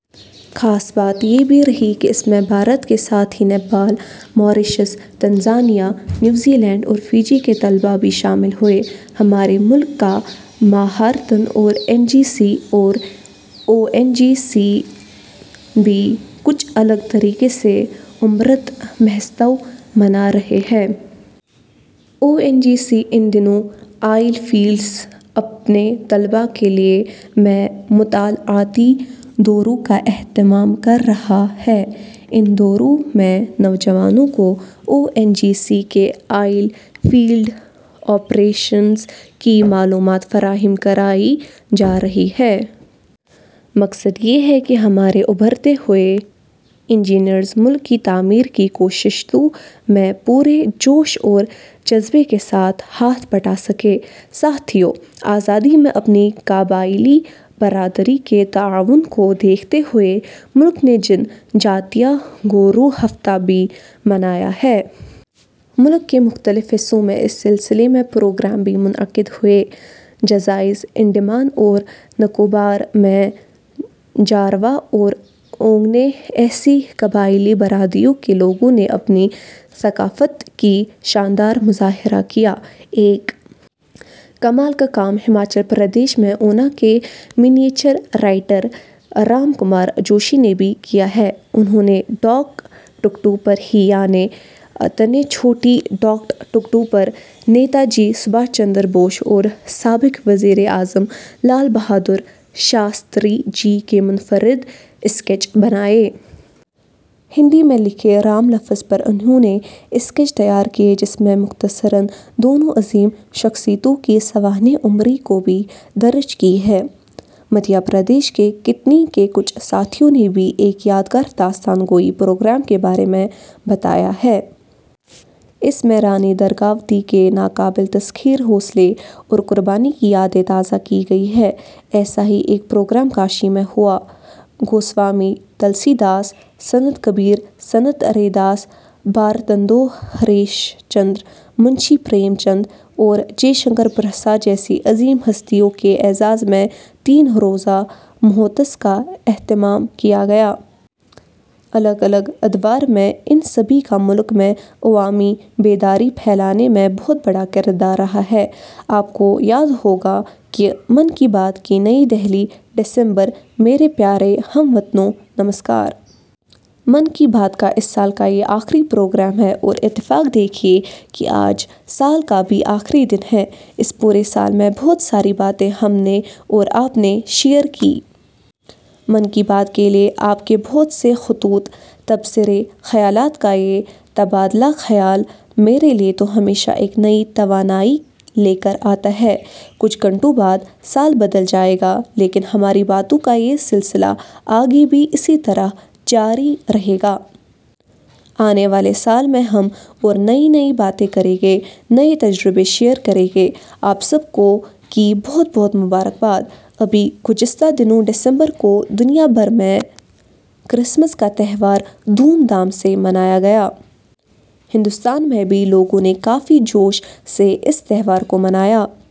خاص بات یہ بھی رہی کہ اس میں بھارت کے ساتھ ہی Nepal, Mauritius, Tanzania, New Zealand اور فجی کے طلبا بھی شامل ہوئے۔ ہمارے ملک کا مہارتن او این جی سی۔ او این جی سی بھی کچھ الگ طریقے سے امرت مہوتسو منا رہا ہے۔ او این جی سی ان دنوں آئل فیلڈز اپنے طلباء کے لیے میں مطالعاتی دوروں کا اہتمام کر رہا ہے۔ ان دوروں میں، نوجوانوں کو او این جی سی کے آئل فیلڈ آپریشنز کی معلومات فراہم کرائی جارہی ہے۔ مقصد یہ ہے کہ ہمارے ابھرتے ہوئے انجینئرز ملک کی تعمیر کی کوششوں میں پورے جوش اور جذبے کے ساتھ ہاتھ بٹا سکیں۔ ساتھیو، آزادی میں اپنی قبائلی برادری کے تعاون کو دیکھتے ہوئے ملک نے جن جاتیہ گورو ہفتہ بھی منایا ہے۔ ملک کے مختلف حصوں میں اس سلسلے میں پروگرام بھی منعقد ہوئے۔ جزائر انڈمان اور نکوبار میں، جاروا اور اونگے، ایسی قبائلی برادریوں کے لوگوں نے اپنی ثقافت کا شاندار مظاہرہ کیا۔ ایک کمال کا کام ہماچل پردیش میں اونا کے miniature writer Ram Kumar Joshi نے بھی کیا ہے، انہوں نے ڈاک ٹکٹوں پر ہی یعنی تنے چھوٹی ڈاکٹ ٹکٹوں پر نیتا جی سبھاش چندر بوس اور سابق وزیر اعظم لال بہادر شاستری جی کے منفرد اسکیچ بنائے۔ ہندی میں لکھے 'رام' لفظ پر انہوں نے اسکیچ تیار کئے جس میں مختصراً دونوں عظیم شخصیتوں کی سوانح عمری کو بھی درج کی ہے۔ مدھیہ پردیش کے کٹنی کے کچھ ساتھیوں نے بھی ایک یادگار داستان گوئی پروگرام کے بارے میں بتایا ہے۔ اس میں رانی درگاوتی کے ناقابل تسخیر حوصلے اور قربانی کی یادیں تازہ کی گئی ہیں۔ ایسا ہی ایک پروگرام کاشی میں ہوا۔ گوسوامی تلسی داس، سنت کبیر، سنت رے داس، بھارتندو ہریش چندر، منشی پریم چند اور جے شنکر پرساد جیسی عظیم ہستیوں کے اعزاز میں تین روزہ مہوتس کا اہتمام کیا گیا۔ الگ الگ ادوار میں ان سبھی کا ملک میں عوامی بیداری پھیلانے میں بہت بڑا کردار رہا ہے۔ آپ کو یاد ہوگا ں کہ 'من کی بات' کی. نئی دہلی۔ دسمبر ؛ میرے پیارے ہم وطنوں، نمسکار۔ من کی بات کا اس سال کا یہ آخری پروگرام ہے اور اتفاق دیکھیے کہ آج، سال کا بھی آخری دن ہے۔ اس پورے سال میں بہت ساری باتیں ہم نے اور آپنے شیئر کی۔ من کی بات کے لیے آپ کے بہت سے خطوط، تبصرے ، خیالات کا یہ تبادلۂ خیال ، میرے لیے تو ہمیشہ ایک نئی توانائی لے کر آتا ہے۔ کچھ گھنٹوں بعد، سال بدل جائے گا لیکن ہماری باتوں کا یہ سلسلہ آگے بھی اسی طرح جاری رہے گا۔ آنے والے سال میں ہم ، اور نئی نئی باتیں کریں گے، نئے تجربے شیئر کریں گے۔ آپ سب کو کی بہت بہت مبارکباد۔ ابھی گزشتہ دنوں دسمبر کو دنیا بھر میں کرسمس کا تہوار دھوم دھام سے منایا گیا۔ ہندوستان میں بھی لوگوں نے کافی جوش سے اس تہوار کو منایا۔